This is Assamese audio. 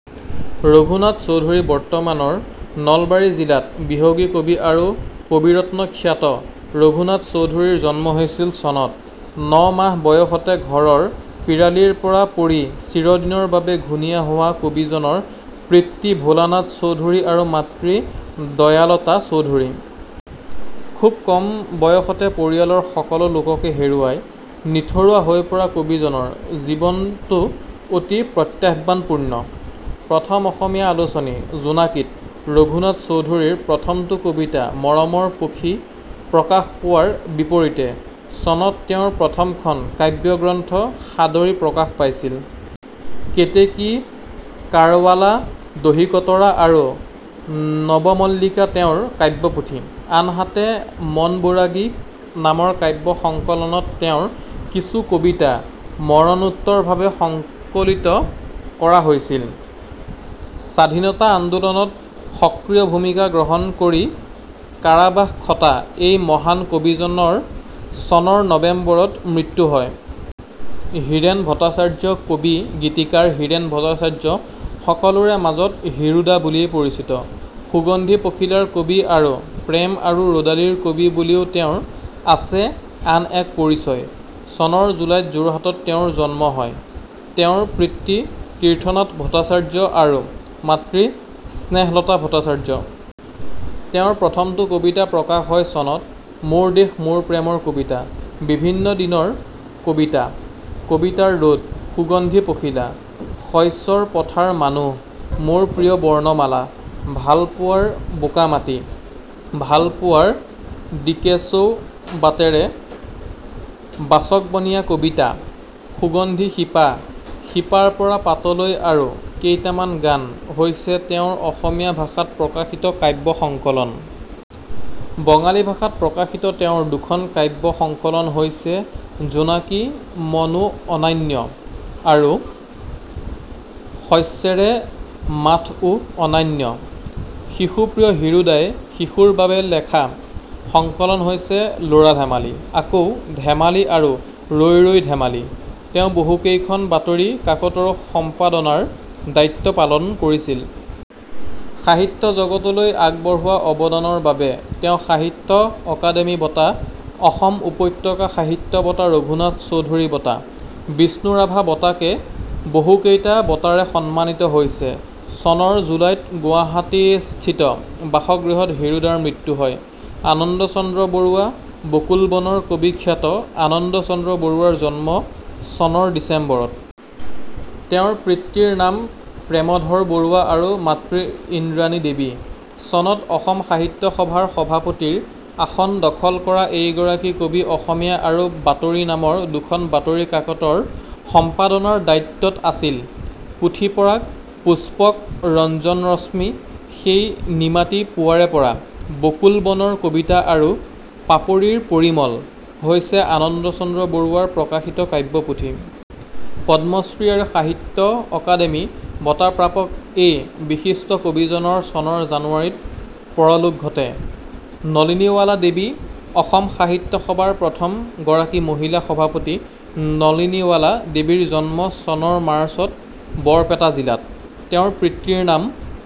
ৰঘুনাথ চৌধুৰী বৰ্তমানৰ নলবাৰী জিলাত 'বিহগী কবি' আৰু 'কবিৰত্ন'খ্যাত ৰঘুনাথ চৌধুৰীৰ জন্ম হৈছিল চনত। ন মাহ বয়সতে ঘৰৰ পিৰালীৰ পৰা পৰি চিৰদিনৰ বাবে ঘূণীয়া হোৱা কবিজনৰ পিতৃ ভোলানাথ চৌধুৰী আৰু মাতৃ দয়ালতা চৌধুৰী। খুব কম বয়সতে পৰিয়ালৰ সকলো লোককে হেৰুৱাই নিথৰুৱা হৈ পৰা কবিজনৰ জীৱনটো অতি প্ৰত্যাহ্বানপূৰ্ণ। প্ৰথম অসমীয়া আলোচনী জোনাকীত ৰঘুনাথ চৌধুৰীৰ প্ৰথমটো কবিতা 'মৰমৰ পখী' প্ৰকাশ পোৱাৰ বিপৰীতে চনত তেওঁৰ প্ৰথমখন কাব্যগ্ৰন্থ 'সাদৰী' প্ৰকাশ পাইছিল। 'কেতেকী', 'কাৰবালা', 'দহিকতৰা' আৰু 'নৱমল্লিকা' তেওঁৰ কাব্যপুথি। আনহাতে, 'মন বৰাগী' নামৰ কাব্য সংকলনত তেওঁৰ কিছু কবিতা মৰণোত্তৰভাৱে সংকলিত কৰা হৈছিল। স্বাধীনতা আন্দোলনত সক্ৰিয় ভূমিকা গ্ৰহণ কৰি কাৰাবাস খটা এই মহান কবিজনৰ চনৰ নবেম্বৰত মৃত্যু হয়। হীৰেন ভট্টাচাৰ্য কবি-গীতিকাৰ হীৰেন ভট্টাচাৰ্য সকলোৰে মাজত 'হীৰুদা' বুলিয়েই পৰিচিত। 'সুগন্ধী পখিলাৰ কবি' আৰু 'প্ৰেম আৰু ৰ'দালিৰ কবি' বুলিও তেওঁৰ আছে আন এক পৰিচয়। চনৰ জুলাইত যোৰহাটত তেওঁৰ জন্ম হয়। তেওঁৰ পিতৃ তীৰ্থনাথ ভট্টাচাৰ্য আৰু মাতৃ স্নেহলতা ভট্টাচাৰ্য। তেওঁৰ প্ৰথমটো কবিতা প্ৰকাশ হয় চনত। 'মোৰ দেশ মোৰ প্ৰেমৰ কবিতা', 'বিভিন্ন দিনৰ কবিতা', 'কবিতাৰ ৰ'দ', 'সুগন্ধি পখিলা', 'শইচৰ পথাৰ মানুহ', 'মোৰ প্ৰিয় বৰ্ণমালা', 'ভালপোৱাৰ বোকা-মাটি', 'ভালপোৱাৰ দিক্চৌ বাটেৰে', 'বাচকবনীয়া কবিতা', 'সুগন্ধি শিপা', 'শিপাৰ পৰা পাতলৈ' আৰু 'কেইটামান গান' হৈছে তেওঁৰ অসমীয়া ভাষাত প্ৰকাশিত কাব্য সংকলন। বঙালী ভাষাত প্ৰকাশিত তেওঁৰ দুখন কাব্য সংকলন হৈছে 'জোনাকী মন ও অন্যান্য' আৰু 'শস্যেৰ মাঠ ও অন্যান্য'। শিশুপ্ৰিয় হীৰুদায়ে শিশুৰ বাবে লেখা সংকলন হৈছে 'ল'ৰা ধেমালি', 'আকৌ ধেমালি' আৰু 'ৰৈ ৰৈ ধেমালি'। তেওঁ বহুকেইখন বাতৰি কাকতৰো সম্পাদনাৰ দায়িত্ব পালন কৰিছিল। সাহিত্য জগতলৈ আগবঢ়োৱা অৱদানৰ বাবে তেওঁ সাহিত্য অকাডেমী বঁটা, অসম উপত্যকা সাহিত্য বঁটা, ৰঘুনাথ চৌধুৰী বঁটা, বিষ্ণুৰাভা বঁটাকে বহুকেইটা বঁটাৰে সন্মানিত হৈছে। চনৰ জুলাইত গুৱাহাটীস্থিত বাসগৃহত হীৰুদাৰ মৃত্যু হয়। আনন্দ চন্দ্ৰ বৰুৱা 'বকুল বন'ৰ কবি খ্যাত আনন্দ চন্দ্ৰ বৰুৱাৰ জন্ম চনৰ ডিচেম্বৰত। তেওঁৰ পিতৃৰ নাম প্ৰেমধৰ বৰুৱা আৰু মাতৃ ইন্দ্ৰানী দেৱী। চনত অসম সাহিত্য সভাৰ সভাপতিৰ আসন দখল কৰা এইগৰাকী কবি 'অসমীয়া' আৰু 'বাতৰি' নামৰ দুখন বাতৰি কাকতৰ সম্পাদনাৰ দায়িত্বত আছিল। 'পুথি-পৰাগ', 'পুস্পক', 'ৰঞ্জন ৰশ্মি', 'সেই নিমাতি পুৱাৰে পৰা', 'বকুল বনৰ কবিতা' আৰু 'পাপৰিৰ পৰিমল' হৈছে আনন্দ চন্দ্ৰ বৰুৱাৰ প্ৰকাশিত কাব্য পুথি। পদ্মশ্ৰী আৰু সাহিত্য অকাডেমী বঁটা প্ৰাপক এই বিশিষ্ট কবিজনৰ চনৰ জানুৱাৰীত পৰলোক ঘটে। নলিনীৱালা দেৱী অসম সাহিত্য সভাৰ প্ৰথম গৰাকী মহিলা সভাপতি নলিনীৱালা দেৱীৰ জন্ম চনৰ মাৰ্চত বৰপেটা জিলাত। তেওঁৰ পিতৃৰ নাম